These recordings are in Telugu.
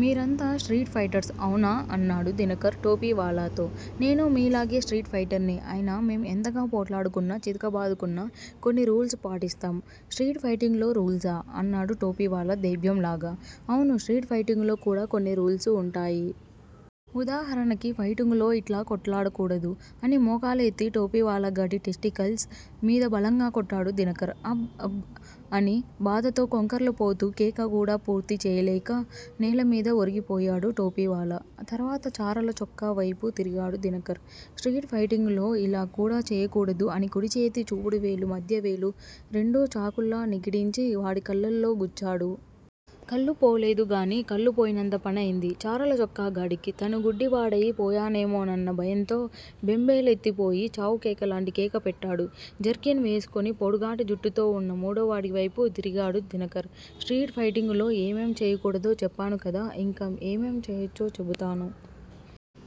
మీరంతా స్ట్రీట్ ఫైటర్స్, అవునా? అన్నాడు దినకర్ టోపీ వాలాతో. నేనూ మీలాగే స్ట్రీట్ ఫైటర్నే! అయినా మేం ఎంతగా పోట్లాడుకున్న చితకబాదుకున్నా కొన్ని రూల్సు పాటిస్తాం. స్ట్రీట్ ఫైటింగ్ లో రూల్సా? అన్నాడు టోపీవాలా దేభ్యంలాగా. అవును స్ట్రీట్ ఫైటింగులో కూడా కొన్ని రూల్సు వుంటాయి. వుదాహరణకి ఫైటింగులో ఇట్లా కోట్లాడకూడదు అని మోకాలు ఎత్తి టోపీవాలాగాడి టెస్టికిల్స్ మీద బలంగా కొట్టాడు దినకర్. అబ్ బ్ అని బాధతో కొంకర్లు పోతూ కేక కూడా పూర్తి చెయ్యలేక నేలమీద ఒరిగిపోయాడు టోపీవాలా. తర్వాత చారలచొక్కా వైపు తిరిగాడు దినకర్. స్ట్రీట్ ఫైటింగులో ఇలా కూడా చెయ్యకూడదు అని కుడిచేతి చూపుడువేలు, మధ్యవేలు రెండూ చాకుల్లా నిగిడించి వాడి కళ్ళల్లో గుచ్చాడు. కళ్ళు పోలేదు గానీ కళ్ళుపోయినంత పనైంది చారల చొక్కా గాడికి. తనుగుడ్డి వాడయి పోయానేమోనన్న భయంతో బెంబేలెత్తిపోయి చావుకేకలాంటి కేక పెట్టాడు. జెర్కిన్ వేసుకుని పొడుగాటి జుట్టుతో ఉన్న మూడోవాడివైపు తిరిగాడు దినకర్. స్ట్రీట్ ఫైటింగులో ఏమేం చెయ్యకూడదో చెప్పాను కదా. ఇంకా ఏమేం చేయొచ్చో చెబుతాను.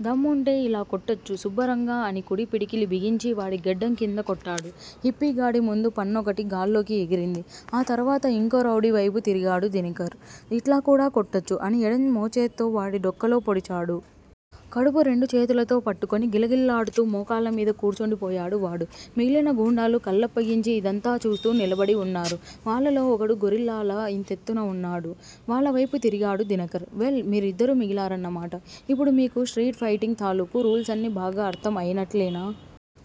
దమ్ముంటే ఇలా కొట్టొచ్చు సుబ్బరంగా అని కుడి పిడికిలి బిగించి వాడి గడ్డం కింద కొట్టాడు. హిప్పీగాడి ముందు పన్నొకటి గాల్లోకి ఎగిరింది. ఆ తర్వాత ఇంకో రౌడీ వైపు తిరిగాడు దినకర్. ఇట్లా కూడా కొట్టొచ్చు! అని ఎడం మోచేత్తో వాడి డొక్కలో పొడిచాడు. కడుపు రెండు చేతులతో పట్టుకుని గిలగిల్లాడుతూ మోకాళ్ళమీద కూర్చుండిపోయాడు వాడు. మిగిలిన గూండాలు కళ్ళప్పగించి ఇదంతా చూస్తూ నిలబడి వున్నారు వాళ్ళలో ఒకడు గొరిల్లాలా ఇంతెత్తున ఉన్నాడు. వాళ్ళవైపు తిరిగాడు దినకర్. వెల్! మీరిద్దరూ మిగిలారన్నమాట! ఇప్పుడు మీకు స్ట్రీట్ ఫైటింగ్ తాలూకు రూల్సన్నీ బాగా అర్ధం అయినట్లేనా?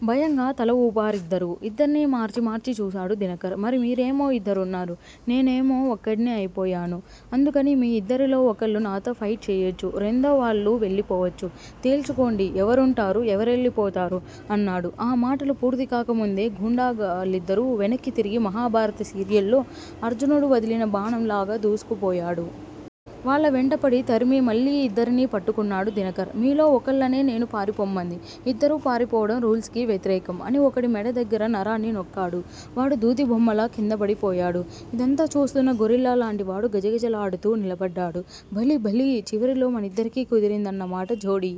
భయంగా తల ఊపారిద్దరూ. ఇద్దర్నీ మార్చి మార్చి చూశాడు దినకర్. మరి మీరేమో ఇద్దరున్నారు. నేనేమో ఒక్కడ్నే అయిపోయాను. అందుకని మీ ఇద్దరిలో ఒకళ్ళు నాతో ఫైట్ చేయొచ్చు. రెందోవాళ్ళు వెళ్ళిపోవచ్చు. తేల్చుకోండి! ఎవరుంటారు? ఎవరెళ్ళిపోతారు? అన్నాడు. ఆ మాటలు పూర్తికాకముందే గూండా గాళ్లిద్దరూ వెనక్కి తిరిగి మహాభారత సీరియల్లో అర్జునుడు వదిలిన బాణంలాగా దూసుకుపోయాడు. వాళ్ళ వెంటపడి తరిమి మళ్ళీ ఇద్దరినీ పట్టుకున్నాడు దినకర్. మీలో ఒకళ్ళనే నేను పారిపొమ్మంది. ఇద్దరూ పారిపోవడం రూల్సుకి వ్యతిరేకం. అని ఒకడి మెడ దగ్గర నరాన్ని నొక్కాడు. వాడు దూదిబొమ్మలా కిందపడిపోయాడు. ఇదంతా చూస్తున్న గొరిల్లా లాంటివాడు గజగజలాడుతూ నిలబడ్డాడు. భళి భళీ! చివరిలో మనిద్దరికీ కుదిరిందన్నమాట జోడీ!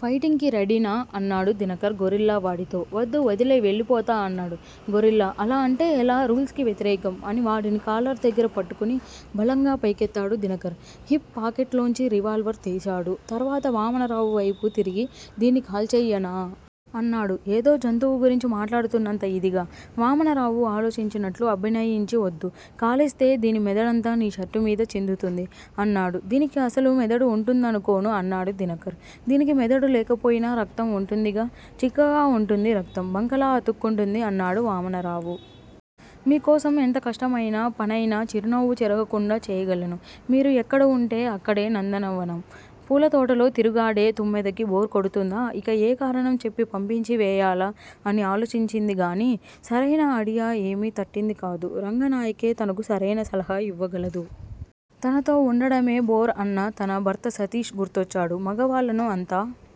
ఫైటింగ్ కి రెడీనా? అన్నాడు దినకర్ గొరిల్లా వాడితో. వద్దు వదిలెయ్ వెళ్ళిపోతా! అన్నాడు గొరిల్లా. అలా అంటే ఎలా? రూల్స్ కి వ్యతిరేకం! అని వాడిని కాలర్ దగ్గర పట్టుకుని బలంగా పైకెత్తాడు దినకర్. హిప్ పాకెట్ లోంచి రివాల్వర్ తీశాడు. తర్వాత వామనరావు వైపు తిరిగి దీన్ని కాల్చెయ్యనా? అన్నాడు ఏదో జంతువు గురించి మాట్లాడుతున్నంత ఇదిగా. వామనరావు ఆలోచించినట్లు అభినయించి వద్దు! కాలిస్తే దీని మెదడంతా నీ షర్టుమీద చిందుతుంది అన్నాడు. దీనికి అసలు మెదడు ఉంటుందనుకోను అన్నాడు దినకర్. దీనికి మెదడు లేకపోయినా రక్తం వుంటుందిగా! చిక్కగా వుంటుంది రక్తం! బంకలా అతుక్కుంటుంది అన్నాడు వామనరావు. మీకోసం ఎంత కష్టమైన పనయినా చిరునవ్వు చెరగకుండా చేయగలను. మీరు ఎక్కడ వుంటే అక్కడే నందనవనం. పూలతోటలో తిరుగాడే తుమ్మెదకి బోరు కొడుతుందా? ఇక ఏ కారణం చెప్పి పంపించి వేయాలా అని ఆలోచించిందిగానీ సరైన ఐడియా ఏమీ తట్టింది కాదు. రంగనాయకే తనకు సరైన సలహా ఇవ్వగలదు. తనతో వుండడమే బోర్ అన్న తన భర్త సతీష్ గుర్తొచ్చాడు. మగవాళ్ళను అంత